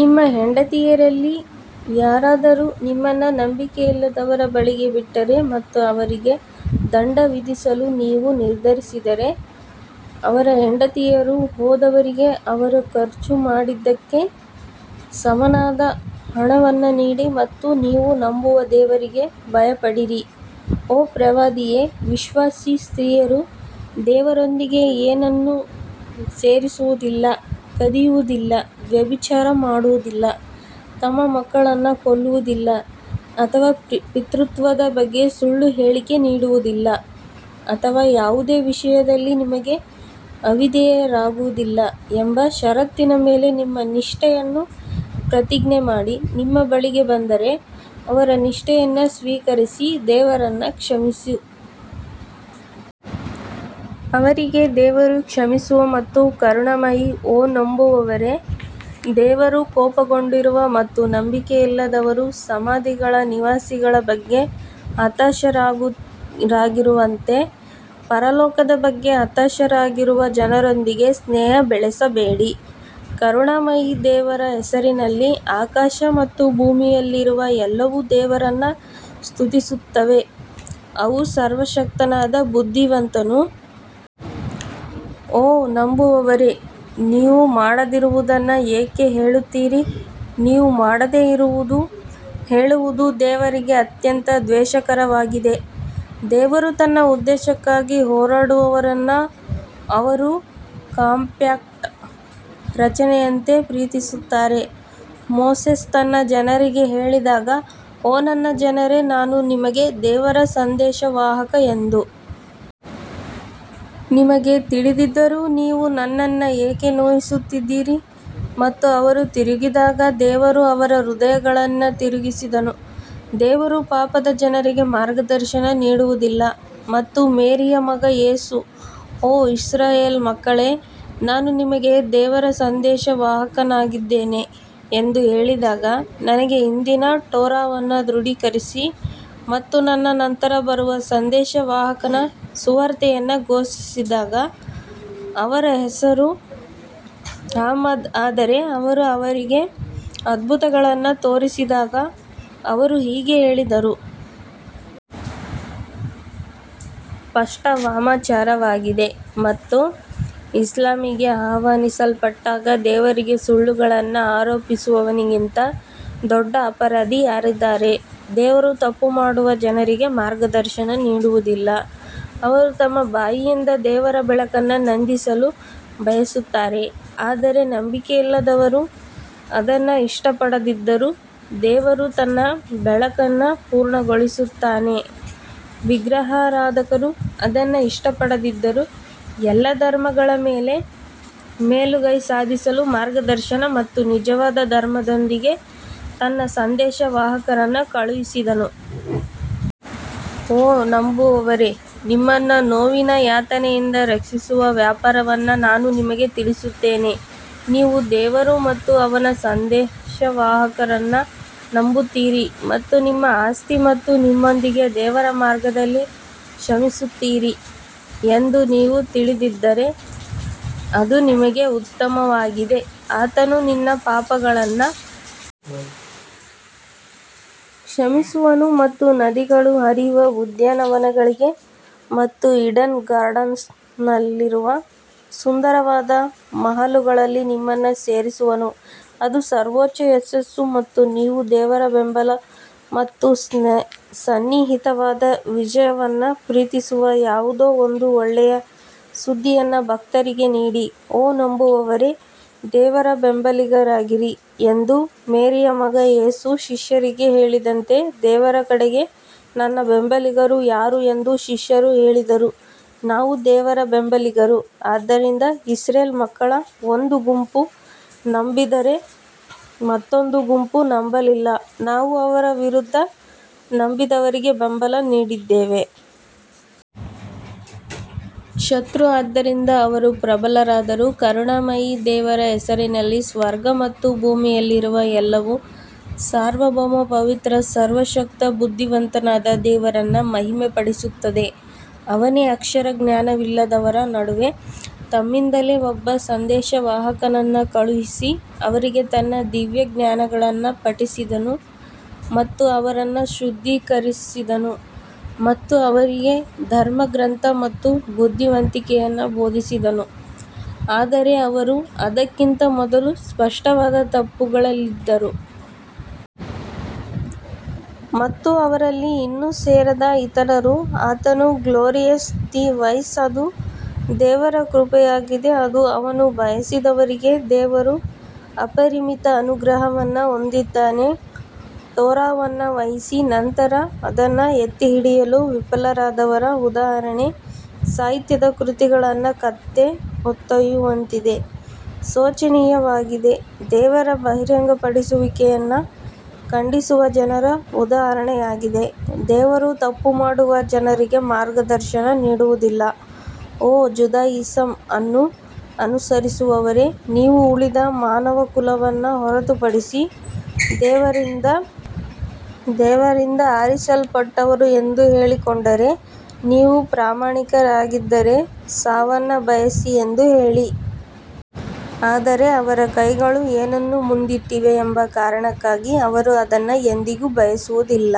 ನಿಮ್ಮ ಹೆಂಡತಿಯರಲ್ಲಿ ಯಾರಾದರೂ ನಿಮ್ಮನ್ನು ನಂಬಿಕೆಯಿಲ್ಲದವರ ಬಳಿಗೆ ಬಿಟ್ಟರೆ ಮತ್ತು ಅವರಿಗೆ ದಂಡ ವಿಧಿಸಲು ನೀವು ನಿರ್ಧರಿಸಿದರೆ ಅವರ ಹೆಂಡತಿಯರು ಹೋದವರಿಗೆ ಅವರು ಖರ್ಚು ಮಾಡಿದ್ದಕ್ಕೆ ಸಮನಾದ ಹಣವನ್ನು ನೀಡಿ ಮತ್ತು ನೀವು ನಂಬುವ ದೇವರಿಗೆ ಭಯಪಡಿರಿ. ಓ ಪ್ರವಾದಿಯೇ, ವಿಶ್ವಾಸಿ ಸ್ತ್ರೀಯರು ದೇವರೊಂದಿಗೆ ಏನನ್ನೂ ಸೇರಿಸುವುದಿಲ್ಲ, ಕದಿಯುವುದಿಲ್ಲ, ವ್ಯಭಿಚಾರ ಮಾಡುವುದಿಲ್ಲ, ತಮ್ಮ ಮಕ್ಕಳನ್ನು ಕೊಲ್ಲುವುದಿಲ್ಲ ಅಥವಾ ಪಿತೃತ್ವದ ಬಗ್ಗೆ ಸುಳ್ಳು ಹೇಳಿಕೆ ನೀಡುವುದಿಲ್ಲ ಅಥವಾ ಯಾವುದೇ ವಿಷಯದಲ್ಲಿ ನಿಮಗೆ ಅವಿಧೇಯರಾಗುವುದಿಲ್ಲ ಎಂಬ ಷರತ್ತಿನ ಮೇಲೆ ನಿಮ್ಮ ನಿಷ್ಠೆಯನ್ನು ಪ್ರತಿಜ್ಞೆ ಮಾಡಿ ನಿಮ್ಮ ಬಳಿಗೆ ಬಂದರೆ ಅವರ ನಿಷ್ಠೆಯನ್ನು ಸ್ವೀಕರಿಸಿ ದೇವರನ್ನು ಕ್ಷಮಿಸಿ. ಅವರಿಗೆ ದೇವರು ಕ್ಷಮಿಸುವ ಮತ್ತು ಕರುಣಾಮಯಿ ಓ ನಂಬುವವರೇ, ದೇವರು ಕೋಪಗೊಂಡಿರುವ ಮತ್ತು ನಂಬಿಕೆಯಿಲ್ಲದವರು ಸಮಾಧಿಗಳ ನಿವಾಸಿಗಳ ಬಗ್ಗೆ ಹತಾಶರಾಗಿರುವಂತೆ ಪರಲೋಕದ ಬಗ್ಗೆ ಹತಾಶರಾಗಿರುವ ಜನರೊಂದಿಗೆ ಸ್ನೇಹ ಬೆಳೆಸಬೇಡಿ. ಕರುಣಾಮಯಿ ದೇವರ ಹೆಸರಿನಲ್ಲಿ ಆಕಾಶ ಮತ್ತು ಭೂಮಿಯಲ್ಲಿರುವ ಎಲ್ಲವೂ ದೇವರನ್ನು ಸ್ತುತಿಸುತ್ತವೆ, ಅವನು ಸರ್ವಶಕ್ತನಾದ ಬುದ್ಧಿವಂತನು ಓ ನಂಬುವವರೇ, ನೀವು ಮಾಡದಿರುವುದನ್ನು ಏಕೆ ಹೇಳುತ್ತೀರಿ ನೀವು ಮಾಡದೇ ಇರುವುದನ್ನು ಹೇಳುವುದು ದೇವರಿಗೆ ಅತ್ಯಂತ ದ್ವೇಷಕರವಾಗಿದೆ ದೇವರು ತನ್ನ ಉದ್ದೇಶಕ್ಕಾಗಿ ಹೋರಾಡುವವರನ್ನು ಅವರು ಕಾಂಪ್ಯಾಕ್ಟ್ ರಚನೆಯಂತೆ ಪ್ರೀತಿಸುತ್ತಾರೆ ಮೋಸೆಸ್ ತನ್ನ ಜನರಿಗೆ ಹೇಳಿದಾಗ ಓ ನನ್ನ ಜನರೇ ನಾನು ನಿಮಗೆ ದೇವರ ಸಂದೇಶವಾಹಕ ಎಂದು ನಿಮಗೆ ತಿಳಿದಿದ್ದರೂ ನೀವು ನನ್ನನ್ನು ಏಕೆ ನೋಯಿಸುತ್ತಿದ್ದೀರಿ ಮತ್ತು ಅವರು ತಿರುಗಿದಾಗ ದೇವರು ಅವರ ಹೃದಯಗಳನ್ನು ತಿರುಗಿಸಿದನು ದೇವರು ಪಾಪದ ಜನರಿಗೆ ಮಾರ್ಗದರ್ಶನ ನೀಡುವುದಿಲ್ಲ ಮತ್ತು ಮೇರಿಯ ಮಗ ಯೇಸು, ಓ ಇಸ್ರಾಯೇಲ್ ಮಕ್ಕಳೇ ನಾನು ನಿಮಗೆ ದೇವರ ಸಂದೇಶವಾಹಕನಾಗಿದ್ದೇನೆ ಎಂದು ಹೇಳಿದಾಗ, ನನಗೆ ಹಿಂದಿನ ಟೋರಾವನ್ನು ದೃಢೀಕರಿಸಿ ಮತ್ತು ನನ್ನ ನಂತರ ಬರುವ ಸಂದೇಶವಾಹಕನ ಸುವಾರ್ತೆಯನ್ನು ಘೋಷಿಸಿದಾಗ ಅವರ ಹೆಸರು ಅಹ್ಮದ್ ಆದರೆ ಅವರು ಅವರಿಗೆ ಅದ್ಭುತಗಳನ್ನು ತೋರಿಸಿದಾಗ ಅವರು ಹೀಗೆ ಹೇಳಿದರು. ಸ್ಪಷ್ಟ ವಾಮಾಚಾರವಾಗಿದೆ ಮತ್ತು ಇಸ್ಲಾಮಿಗೆ ಆಹ್ವಾನಿಸಲ್ಪಟ್ಟಾಗ ದೇವರಿಗೆ ಸುಳ್ಳುಗಳನ್ನು ಆರೋಪಿಸುವವನಿಗಿಂತ ದೊಡ್ಡ ಅಪರಾಧಿ ಯಾರಿದ್ದಾರೆ, ದೇವರು ತಪ್ಪು ಮಾಡುವ ಜನರಿಗೆ ಮಾರ್ಗದರ್ಶನ ನೀಡುವುದಿಲ್ಲ ಅವರು ತಮ್ಮ ಬಾಯಿಯಿಂದ ದೇವರ ಬೆಳಕನ್ನು ನಂದಿಸಲು ಬಯಸುತ್ತಾರೆ ಆದರೆ ನಂಬಿಕೆಯಿಲ್ಲದವರು ಅದನ್ನು ಇಷ್ಟಪಡದಿದ್ದರೂ ದೇವರು ತನ್ನ ಬೆಳಕನ್ನು ಪೂರ್ಣಗೊಳಿಸುತ್ತಾನೆ ವಿಗ್ರಹಾರಾಧಕರು ಅದನ್ನು ಇಷ್ಟಪಡದಿದ್ದರೂ ಎಲ್ಲಾ ಧರ್ಮಗಳ ಮೇಲೆ ಮೇಲುಗೈ ಸಾಧಿಸಲು ಮಾರ್ಗದರ್ಶನ ಮತ್ತು ನಿಜವಾದ ಧರ್ಮದೊಂದಿಗೆ ತನ್ನ ಸಂದೇಶವಾಹಕರನ್ನು ಕಳುಹಿಸಿದನು. ಓ ನಂಬುವವರೇ, ನಿಮ್ಮನ್ನು ನೋವಿನ ಯಾತನೆಯಿಂದ ರಕ್ಷಿಸುವ ವ್ಯಾಪಾರವನ್ನು ನಾನು ನಿಮಗೆ ತಿಳಿಸುತ್ತೇನೆ ನೀವು ದೇವರು ಮತ್ತು ಅವನ ಸಂದೇಶವಾಹಕರನ್ನು ನಂಬುತ್ತೀರಿ ಮತ್ತು ನಿಮ್ಮ ಆಸ್ತಿ ಮತ್ತು ನಿಮ್ಮೊಂದಿಗೆ ದೇವರ ಮಾರ್ಗದಲ್ಲಿ ಶ್ರಮಿಸುತ್ತೀರಿ ಎಂದು ನೀವು ತಿಳಿದಿದ್ದರೆ ಅದು ನಿಮಗೆ ಉತ್ತಮವಾಗಿದೆ. ಆತನು ನಿನ್ನ ಪಾಪಗಳನ್ನು ಕ್ಷಮಿಸುವನು ಮತ್ತು ನದಿಗಳು ಹರಿಯುವ ಉದ್ಯಾನವನಗಳಿಗೆ ಮತ್ತು ಈಡನ್ ಗಾರ್ಡನ್ಸ್ನಲ್ಲಿರುವ ಸುಂದರವಾದ ಮಹಲುಗಳಲ್ಲಿ ನಿಮ್ಮನ್ನು ಸೇರಿಸುವನು ಅದು ಸರ್ವೋಚ್ಚ ಯಶಸ್ಸು ಮತ್ತು ನೀವು ದೇವರ ಬೆಂಬಲ ಮತ್ತು ಸನ್ನಿಹಿತವಾದ ವಿಜಯವನ್ನು ಪ್ರೀತಿಸುವ ಯಾವುದೋ ಒಂದು ಒಳ್ಳೆಯ ಸುದ್ದಿಯನ್ನು ಭಕ್ತರಿಗೆ ನೀಡಿ ಓ ನಂಬುವವರೇ ದೇವರ ಬೆಂಬಲಿಗರಾಗಿರಿ ಎಂದು ಮೇರಿಯ ಮಗ ಯೇಸು ಶಿಷ್ಯರಿಗೆ ಹೇಳಿದಂತೆ ದೇವರ ಕಡೆಗೆ ನನ್ನ ಬೆಂಬಲಿಗರು ಯಾರು ಎಂದು ಶಿಷ್ಯರು ಹೇಳಿದರು ನಾವು ದೇವರ ಬೆಂಬಲಿಗರು ಆದ್ದರಿಂದ ಇಸ್ರೇಲ್ ಮಕ್ಕಳ ಒಂದು ಗುಂಪು ನಂಬಿದರೆ ಮತ್ತೊಂದು ಗುಂಪು ನಂಬಲಿಲ್ಲ ನಾವು ಅವರ ವಿರುದ್ಧ ನಂಬಿದವರಿಗೆ ಬೆಂಬಲ ನೀಡಿದ್ದೇವೆ. ಶತ್ರು ಆದ್ದರಿಂದ ಅವರು ಪ್ರಬಲರಾದರು ಕರುಣಾಮಯಿ ದೇವರ ಹೆಸರಿನಲ್ಲಿ ಸ್ವರ್ಗ ಮತ್ತು ಭೂಮಿಯಲ್ಲಿರುವ ಎಲ್ಲವೂ ಸಾರ್ವಭೌಮ, ಪವಿತ್ರ ಸರ್ವಶಕ್ತ ಬುದ್ಧಿವಂತನಾದ ದೇವರನ್ನು ಮಹಿಮೆಪಡಿಸುತ್ತದೆ ಅವನೇ ಅಕ್ಷರ ಜ್ಞಾನವಿಲ್ಲದವರ ನಡುವೆ ತಮ್ಮಿಂದಲೇ ಒಬ್ಬ ಸಂದೇಶವಾಹಕನನ್ನು ಕಳುಹಿಸಿ, ಅವರಿಗೆ ತನ್ನ ದಿವ್ಯಜ್ಞಾನಗಳನ್ನು ಪಠಿಸಿದನು ಮತ್ತು ಅವರನ್ನು ಶುದ್ಧೀಕರಿಸಿದನು ಮತ್ತು ಅವರಿಗೆ ಧರ್ಮಗ್ರಂಥ ಮತ್ತು ಬುದ್ಧಿವಂತಿಕೆಯನ್ನು ಬೋಧಿಸಿದನು, ಆದರೆ ಅವರು ಅದಕ್ಕಿಂತ ಮೊದಲು ಸ್ಪಷ್ಟವಾದ ತಪ್ಪುಗಳಲ್ಲಿದ್ದರು. ಮತ್ತು ಅವರಲ್ಲಿ ಇನ್ನೂ ಸೇರದ ಇತರರು ಆತನು ಗ್ಲೋರಿಯಸ್ ದಿ ವೈಸ್ ಅದು ದೇವರ ಕೃಪೆಯಾಗಿದೆ, ಅದು ಅವನು ಬಯಸಿದವರಿಗೆ ದೇವರು ಅಪರಿಮಿತ ಅನುಗ್ರಹವನ್ನು ಹೊಂದಿದ್ದಾನೆ ಟೋರಾವನ್ನು ವಹಿಸಿ ನಂತರ ಅದನ್ನು ಎತ್ತಿಹಿಡಿಯಲು ವಿಫಲರಾದವರ ಉದಾಹರಣೆ ಸಾಹಿತ್ಯದ ಕೃತಿಗಳನ್ನು ಕತ್ತೆ ಹೊತ್ತೊಯ್ಯುವಂತಿದೆ ಶೋಚನೀಯವಾಗಿದೆ ದೇವರ ಬಹಿರಂಗಪಡಿಸುವಿಕೆಯನ್ನು ಖಂಡಿಸುವ ಜನರ ಉದಾಹರಣೆಯಾಗಿದೆ ದೇವರು ತಪ್ಪು ಮಾಡುವ ಜನರಿಗೆ ಮಾರ್ಗದರ್ಶನ ನೀಡುವುದಿಲ್ಲ ಓ ಜುದಾಯಿಸಂ ಅನ್ನು ಅನುಸರಿಸುವವರೇ, ನೀವು ಉಳಿದ ಮಾನವಕುಲವನ್ನು ಹೊರತುಪಡಿಸಿ ದೇವರಿಂದ ಆರಿಸಲ್ಪಟ್ಟವರು ಎಂದು ಹೇಳಿಕೊಂಡರೆ, ನೀವು ಪ್ರಾಮಾಣಿಕರಾಗಿದ್ದರೆ ಸಾವನ್ನು ಬಯಸಿ ಎಂದು ಹೇಳಿ. ಆದರೆ ಅವರ ಕೈಗಳು ಏನನ್ನು ಮುಂದಿಟ್ಟಿವೆ ಎಂಬ ಕಾರಣಕ್ಕಾಗಿ ಅವರು ಅದನ್ನು ಎಂದಿಗೂ ಬಯಸುವುದಿಲ್ಲ.